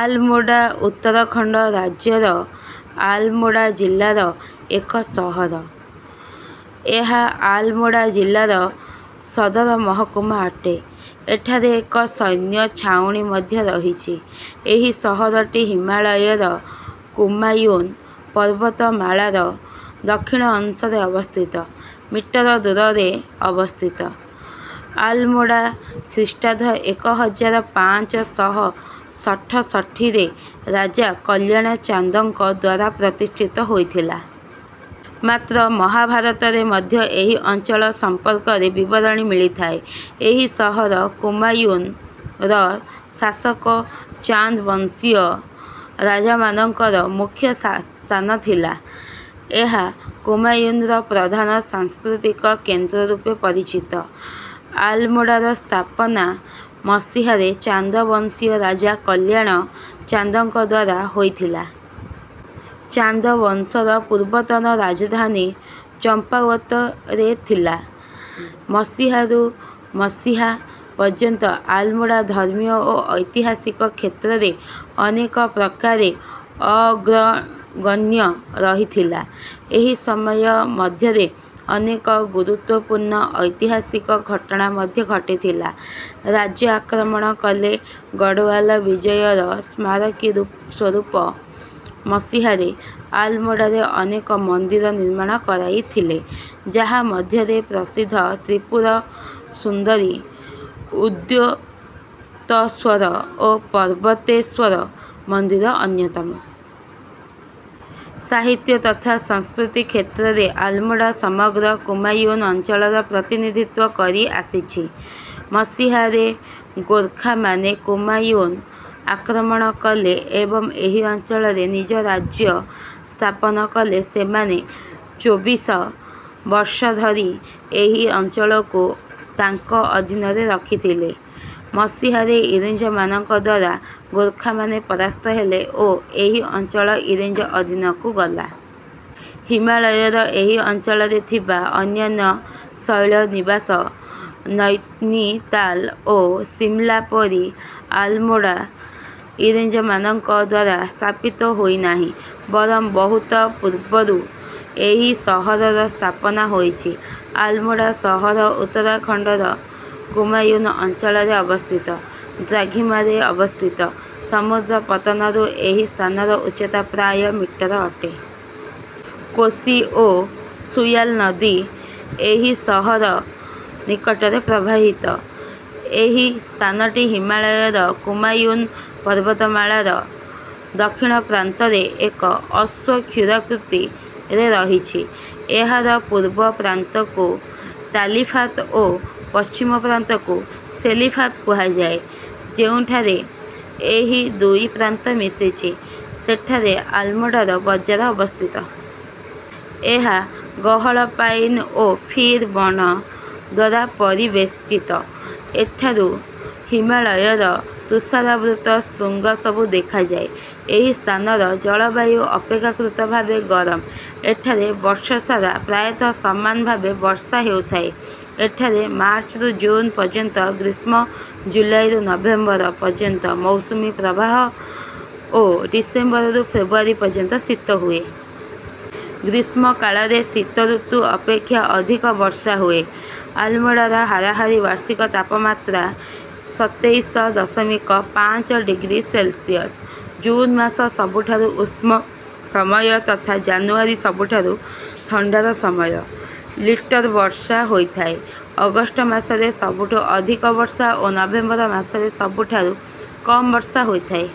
ଆଲମୋଡ଼ା ଉତ୍ତରାଖଣ୍ଡ ରାଜ୍ୟର ଆଲମୋଡ଼ା ଜିଲ୍ଲାର ଏକ ସହର। ଏହା ଆଲମୋଡ଼ା ଜିଲ୍ଲାର ସଦରମହକୁମା ଅଟେ। ଏଠାରେ ଏକ ସୈନ୍ୟ ଛାଉଣୀ ମଧ୍ୟ ରହିଛି। ଏହି ସହରଟି ହିମାଳୟର କୁମାୟୁନ ପର୍ବତମାଳାର ଦକ୍ଷିଣ ଅଂଶରେ ଅବସ୍ଥିତ। ମିଟର ଦୂରରେ ଅବସ୍ଥିତ। ଆଲମୋଡ଼ା ଖ୍ରୀଷ୍ଟାବ୍ଦ ଏକ ହଜାର ପାଞ୍ଚ ଶହ ଷଠଶଠିରେ ରାଜା କଲ୍ୟାଣ ଚାନ୍ଦଙ୍କ ଦ୍ୱାରା ପ୍ରତିଷ୍ଠିତ ହୋଇଥିଲା। ମାତ୍ର ମହାଭାରତରେ ମଧ୍ୟ ଏହି ଅଞ୍ଚଳ ସମ୍ପର୍କରେ ବିବରଣୀ ମିଳିଥାଏ। ଏହି ସହର କୁମାୟୁନର ଶାସକ ଚାନ୍ଦ ବଂଶୀୟ ରାଜାମାନଙ୍କର ମୁଖ୍ୟ ସ୍ଥାନ ଥିଲା। ଏହା କୁମାୟୁନର ପ୍ରଧାନ ସାଂସ୍କୃତିକ କେନ୍ଦ୍ର ରୂପେ ପରିଚିତ। ଆଲମୋଡ଼ାର ସ୍ଥାପନା ମସିହାରେ ଚାନ୍ଦ ବଂଶୀୟ ରାଜା କଲ୍ୟାଣ ଚାନ୍ଦଙ୍କ ଦ୍ୱାରା ହୋଇଥିଲା। ଚାନ୍ଦ ବଂଶର ପୂର୍ବତନ ରାଜଧାନୀ ଚମ୍ପାୱତରେ ଥିଲା। ମସିହାରୁ ମସିହା ପର୍ଯ୍ୟନ୍ତ ଆଲମୋଡ଼ା ଧର୍ମୀୟ ଓ ଐତିହାସିକ କ୍ଷେତ୍ରରେ ଅନେକ ପ୍ରକାରରେ ଅଗ୍ରଗଣ୍ୟ ରହିଥିଲା। ଏହି ସମୟ ମଧ୍ୟରେ ଅନେକ ଗୁରୁତ୍ୱପୂର୍ଣ୍ଣ ଐତିହାସିକ ଘଟଣା ମଧ୍ୟ ଘଟିଥିଲା। ରାଜ୍ୟ ଆକ୍ରମଣ କଲେ। ଗଡ଼ୱାଲ ବିଜୟର ସ୍ମାରକୀ ସ୍ୱରୂପ ମସିହାରେ ଆଲମୋଡ଼ାରେ ଅନେକ ମନ୍ଦିର ନିର୍ମାଣ କରାଇଥିଲେ, ଯାହା ମଧ୍ୟରେ ପ୍ରସିଦ୍ଧ ତ୍ରିପୁର ସୁନ୍ଦରୀ, ଉଦ୍ୟୋତଶ୍ୱର ଓ ପର୍ବତେଶ୍ୱର ମନ୍ଦିର ଅନ୍ୟତମ। ସାହିତ୍ୟ ତଥା ସଂସ୍କୃତି କ୍ଷେତ୍ରରେ ଆଲମୋଡ଼ା ସମଗ୍ର କୁମାୟୁନ ଅଞ୍ଚଳର ପ୍ରତିନିଧିତ୍ୱ କରି ଆସିଛି। ମସିହାରେ ଗୋର୍ଖାମାନେ କୁମାୟୁନ ଆକ୍ରମଣ କଲେ ଏବଂ ଏହି ଅଞ୍ଚଳରେ ନିଜ ରାଜ୍ୟ ସ୍ଥାପନ କଲେ। ସେମାନେ ଚୋବିଶ ବର୍ଷ ଧରି ଏହି ଅଞ୍ଚଳକୁ ତାଙ୍କ ଅଧୀନରେ ରଖିଥିଲେ। ମସିହାରେ ଇଂରେଜମାନଙ୍କ ଦ୍ୱାରା ଗୋର୍ଖାମାନେ ପରାସ୍ତ ହେଲେ ଓ ଏହି ଅଞ୍ଚଳ ଇଂରେଜ ଅଧୀନକୁ ଗଲା। ହିମାଳୟର ଏହି ଅଞ୍ଚଳରେ ଥିବା ଅନ୍ୟାନ୍ୟ ଶୈଳନିବାସ ନୈନିତାଲ ଓ ଶିମଲା ପରି ଆଲମୋଡ଼ା ଇଂରେଜମାନଙ୍କ ଦ୍ୱାରା ସ୍ଥାପିତ ହୋଇନାହିଁ ବରଂ ବହୁତ ପୂର୍ବରୁ ଏହି ସହରର ସ୍ଥାପନା ହୋଇଛି। ଆଲମୋଡ଼ା ସହର ଉତ୍ତରାଖଣ୍ଡର କୁମାୟୁନ ଅଞ୍ଚଳରେ ଅବସ୍ଥିତ। ଦ୍ରାଘିମାରେ ଅବସ୍ଥିତ। ସମୁଦ୍ର ପତନରୁ ଏହି ସ୍ଥାନର ଉଚ୍ଚତା ପ୍ରାୟ ମିଟର ଅଟେ। କୋଶି ଓ ସୂୟାଲ ନଦୀ ଏହି ସହର ନିକଟରେ ପ୍ରବାହିତ। ଏହି ସ୍ଥାନଟି ହିମାଳୟର କୁମାୟୁନ ପର୍ବତମାଳାର ଦକ୍ଷିଣ ପ୍ରାନ୍ତରେ ଏକ ଅଶ୍ୱକ୍ଷୁରାକୃତିରେ ରହିଛି। ଏହାର ପୂର୍ବ ପ୍ରାନ୍ତକୁ ତାଲିଫାତ ଓ ପଶ୍ଚିମ ପ୍ରାନ୍ତକୁ ସେଲିଫାତ କୁହାଯାଏ। ଯେଉଁଠାରେ ଏହି ଦୁଇ ପ୍ରାନ୍ତ ମିଶିଛି, ସେଠାରେ ଆଲମୋଡ଼ାର ବଜାର ଅବସ୍ଥିତ। ଏହା ଗହଳ ପାଇନ ଓ ଫିର ବଣ ଦ୍ୱାରା ପରିବେଷ୍ଟିତ। ଏଠାରୁ ହିମାଳୟର ତୁଷାରାବୃତ ଶୃଙ୍ଗ ସବୁ ଦେଖାଯାଏ। ଏହି ସ୍ଥାନର ଜଳବାୟୁ ଅପେକ୍ଷାକୃତ ଭାବେ ଗରମ। ଏଠାରେ ବର୍ଷସାରା ପ୍ରାୟତଃ ସମାନ ଭାବେ ବର୍ଷା ହେଉଥାଏ। ଏଠାରେ ମାର୍ଚ୍ଚରୁ ଜୁନ ପର୍ଯ୍ୟନ୍ତ ଗ୍ରୀଷ୍ମ, ଜୁଲାଇରୁ ନଭେମ୍ବର ପର୍ଯ୍ୟନ୍ତ ମୌସୁମୀ ପ୍ରବାହ ଓ ଡିସେମ୍ବରରୁ ଫେବୃଆରୀ ପର୍ଯ୍ୟନ୍ତ ଶୀତ ହୁଏ। ଗ୍ରୀଷ୍ମକାଳରେ ଶୀତ ଋତୁ ଅପେକ୍ଷା ଅଧିକ ବର୍ଷା ହୁଏ। ଆଲମୋଡ଼ାର ହାରାହାରି ବାର୍ଷିକ ତାପମାତ୍ରା ସତେଇଶ ଦଶମିକ ପାଞ୍ଚ ଡିଗ୍ରୀ ସେଲସିୟସ। ଜୁନ ମାସ ସବୁଠାରୁ ଉଷ୍ମ ସମୟ ତଥା ଜାନୁଆରୀ ସବୁଠାରୁ ଥଣ୍ଡାର ସମୟ। ଲିଟର ବର୍ଷା ହୋଇଥାଏ। ଅଗଷ୍ଟ ମାସରେ ସବୁଠୁ ଅଧିକ ବର୍ଷା ଓ ନଭେମ୍ବର ମାସରେ ସବୁଠାରୁ କମ ବର୍ଷା ହୋଇଥାଏ।